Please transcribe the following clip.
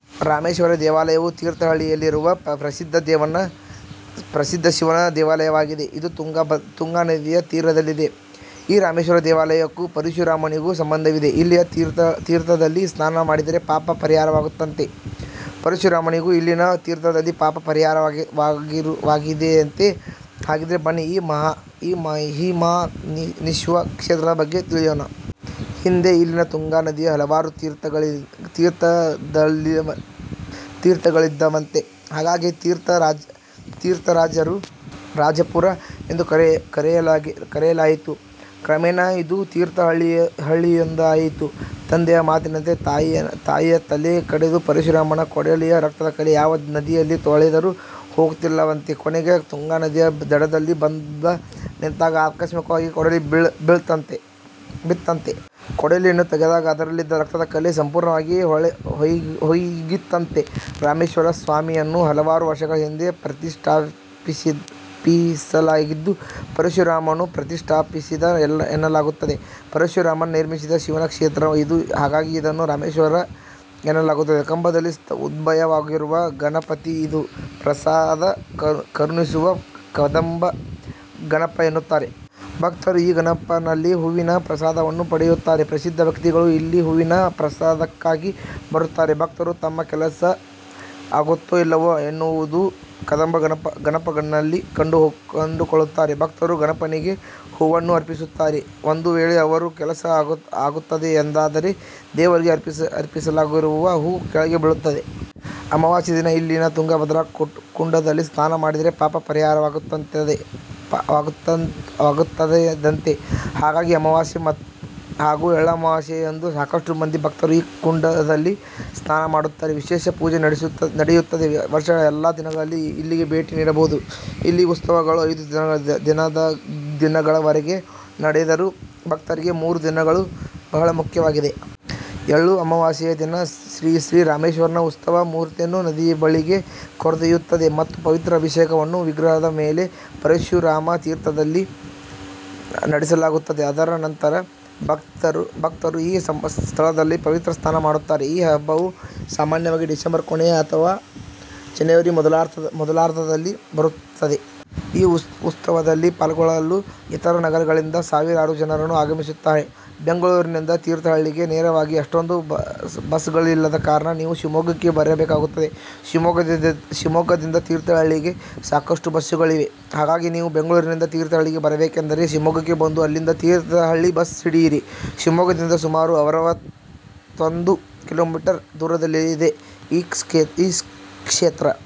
ರಾಮೇಶ್ವರ ದೇವಾಲಯವು ತೀರ್ಥಹಳ್ಳಿಯಲ್ಲಿರುವ ಪ್ರಸಿದ್ಧ ಶಿವನ ದೇವಾಲಯವಾಗಿದೆ. ಇದು ತುಂಗಾ ನದಿಯ ತೀರದಲ್ಲಿದೆ. ಈ ರಾಮೇಶ್ವರ ದೇವಾಲಯಕ್ಕೂ ಪರಶುರಾಮನಿಗೂ ಸಂಬಂಧವಿದೆ. ಇಲ್ಲಿನ ತೀರ್ಥದಲ್ಲಿ ಸ್ನಾನ ಮಾಡಿದ್ರೆ ಪಾಪ ಪರಿಹಾರವಾಗುತ್ತಂತೆ. ಪರಶುರಾಮನಿಗೂ ಇಲ್ಲಿನ ತೀರ್ಥದಲ್ಲಿ ಪಾಪ ಪರಿಹಾರವಾಗಿದೆಯಂತೆ. ಹಾಗಾದ್ರೆ ಬನ್ನಿ ಆ ಮಹಿಮಾನಿತ್ವ ಕ್ಷೇತ್ರದ ಬಗ್ಗೆ ತಿಳಿಯೋಣ. ಹಿಂದೆ ಇಲ್ಲಿನ ತುಂಗಾ ನದಿಯಲ್ಲಿ ಹಲವಾರು ತೀರ್ಥಗಳಿದ್ದವಂತೆ ಹಾಗಾಗಿ ತೀರ್ಥ ರಾಜಪುರ ಎಂದು ಕರೆಯಲಾಯಿತು. ಕ್ರಮೇಣ ಇದು ತೀರ್ಥ ಹಳ್ಳಿಯೆಂದಾಯಿತು. ತಂದೆಯ ಮಾತಿನಂತೆ ತಾಯಿಯ ತಲೆ ಕಡೆದ ಪರಶುರಾಮನ ಕೊಡಲಿಯ ರಕ್ತದ ಕಲೆ ಯಾವ ನದಿಯಲ್ಲಿ ತೊಳೆದರೂ ಹೋಗಿಲ್ಲವಂತೆ ಕೊನೆಗೆ ತುಂಗಾ ನದಿಯ ದಡದಲ್ಲಿ ಬಂದ ನಿಂತಾಗ ಆಕಸ್ಮಿಕವಾಗಿ ಕೊಡಲಿ ಬಿತ್ತಂತೆ. ಕೊಡಲಿಯನ್ನು ತೆಗೆದಾಗ ಅದರಲ್ಲಿದ್ದ ರಕ್ತದ ಕಲೆ ಸಂಪೂರ್ಣವಾಗಿ ಹೋಗಿತ್ತಂತೆ. ರಾಮೇಶ್ವರ ಸ್ವಾಮಿಯನ್ನು ಹಲವಾರು ವರ್ಷಗಳ ಹಿಂದೆ ಪ್ರತಿಷ್ಠಾಪಿಸಲಾಗಿದ್ದು, ಪರಶುರಾಮನು ಪ್ರತಿಷ್ಠಾಪಿಸಿದ ಎನ್ನಲಾಗುತ್ತದೆ. ಪರಶುರಾಮ ನಿರ್ಮಿಸಿದ ಶಿವನ ಕ್ಷೇತ್ರ ಇದು ಹಾಗಾಗಿ ಇದನ್ನು ರಾಮೇಶ್ವರ ಎನ್ನಲಾಗುತ್ತದೆ. ಕಂಬದಲ್ಲಿ ಉದ್ಭವವಾಗಿರುವ ಗಣಪತಿ ಇದು. ಪ್ರಸಾದ ಕರುಣಿಸುವ ಕಂಬದ ಗಣಪ ಎನ್ನುತ್ತಾರೆ. ಭಕ್ತರು ಈ ಗಣಪನಲ್ಲಿ ಹೂವಿನ ಪ್ರಸಾದವನ್ನು ಪಡೆಯುತ್ತಾರೆ. ಪ್ರಸಿದ್ಧ ವ್ಯಕ್ತಿಗಳು ಇಲ್ಲಿ ಹೂವಿನ ಪ್ರಸಾದಕ್ಕಾಗಿ ಬರುತ್ತಾರೆ. ಭಕ್ತರು ತಮ್ಮ ಕೆಲಸ ಆಗುತ್ತೋ ಇಲ್ಲವೂ ಎನ್ನುವುದನ್ನು ಕಂಬದ ಗಣಪನಲ್ಲಿ ಕಂಡುಕೊಳ್ಳುತ್ತಾರೆ. ಭಕ್ತರು ಗಣಪನಿಗೆ ಹೂವನ್ನು ಅರ್ಪಿಸುತ್ತಾರೆ. ಒಂದು ವೇಳೆ ಅವರ ಕೆಲಸ ಆಗುತ್ತದೆ ಎಂದಾದರೆ ದೇವರಿಗೆ ಅರ್ಪಿಸಲಾಗಿರುವ ಹೂವು ಕೆಳಗೆ ಬೀಳುತ್ತದೆ. ಅಮವಾಸ್ಯೆ ದಿನ ಇಲ್ಲಿನ ತುಂಗಾ ಕುಂಡದಲ್ಲಿ ಸ್ನಾನ ಮಾಡಿದ್ರೆ ಪಾಪ ಪರಿಹಾರವಾಗುತ್ತದಂತೆ. ಹಾಗಾಗಿ ಅಮವಾಸ್ಯೆ ಹಾಗೂ ಎಳ್ಳಮವಾಸ್ಯೆಯಂದು ಸಾಕಷ್ಟು ಮಂದಿ ಭಕ್ತರು ಈ ಕುಂಡದಲ್ಲಿ ಸ್ನಾನ ಮಾಡುತ್ತಾರೆ. ವಿಶೇಷ ಪೂಜೆ ನಡೆಯುತ್ತದೆ. ವರ್ಷದ ಎಲ್ಲಾ ದಿನಗಳಲ್ಲಿ ಇಲ್ಲಿಗೆ ಭೇಟಿ ನೀಡಬಹುದು. ಇಲ್ಲಿ ಉತ್ಸವಗಳು ಐದು ದಿನಗಳವರೆಗೆ ನಡೆದರೂ ಭಕ್ತರಿಗೆ ಮೂರು ದಿನಗಳು ಬಹಳ ಮುಖ್ಯವಾಗಿವೆ. ಎಳ್ಳು ಅಮಾವಾಸ್ಯೆಯ ದಿನ, ಶ್ರೀ ಶ್ರೀ ರಾಮೇಶ್ವರನ ಉತ್ಸವ ಮೂರ್ತಿಯನ್ನು ನದಿಯಬಳಿಗೆ ಕರೆದೊಯ್ಯುತ್ತದೆ ಮತ್ತು ಪವಿತ್ರ ಅಭಿಷೇಕವನ್ನು ವಿಗ್ರಹದ ಮೇಲೆ ಪರಶುರಾಮ ತೀರ್ಥದಲ್ಲಿ ನಡೆಸಲಾಗುತ್ತದೆ. ಇದರ ನಂತರ ಭಕ್ತರು ಈ ಸ್ಥಳದಲ್ಲಿ ಪವಿತ್ರ ಸ್ನಾನ ಮಾಡುತ್ತಾರೆ. ಈ ಹಬ್ಬವು ಸಾಮಾನ್ಯವಾಗಿ ಡಿಸೆಂಬರ್ ಕೊನೆಯ ಅಥವಾ ಜನವರಿ ಮೊದಲಾರ್ಧದಲ್ಲಿ ಬರುತ್ತದೆ. ಈ ಉತ್ಸವದಲ್ಲಿ ಪಾಲ್ಗೊಳ್ಳಲು ಇತರ ನಗರಗಳಿಂದ ಸಾವಿರಾರು ಜನರನ್ನು ಆಗಮಿಸುತ್ತಾರೆ. ಬೆಂಗಳೂರಿನಿಂದ ತೀರ್ಥಹಳ್ಳಿಗೆ ನೇರವಾಗಿ ಅಷ್ಟೊಂದು ಬಸ್ಗಳಿಲ್ಲದ ಕಾರಣ ನೀವು ಶಿವಮೊಗ್ಗಕ್ಕೆ ಬರಬೇಕಾಗುತ್ತದೆ. ಶಿವಮೊಗ್ಗದಿಂದ ತೀರ್ಥಹಳ್ಳಿಗೆ ಸಾಕಷ್ಟು ಬಸ್ಗಳಿವೆ. ಹಾಗಾಗಿ ನೀವು ಬೆಂಗಳೂರಿನಿಂದ ತೀರ್ಥಹಳ್ಳಿಗೆ ಬರಬೇಕೆಂದಿದ್ದರೆ ಶಿವಮೊಗ್ಗಕ್ಕೆ ಬಂದು ಅಲ್ಲಿಂದ ತೀರ್ಥಹಳ್ಳಿ ಬಸ್ ಹಿಡಿಯಿರಿ. ಶಿವಮೊಗ್ಗದಿಂದ ಸುಮಾರು ಅರವತ್ತೊಂದು ಕಿಲೊ ಮೀಟರ್ ದೂರದಲ್ಲಿದೆ ಈ ಕ್ಷೇತ್ರ.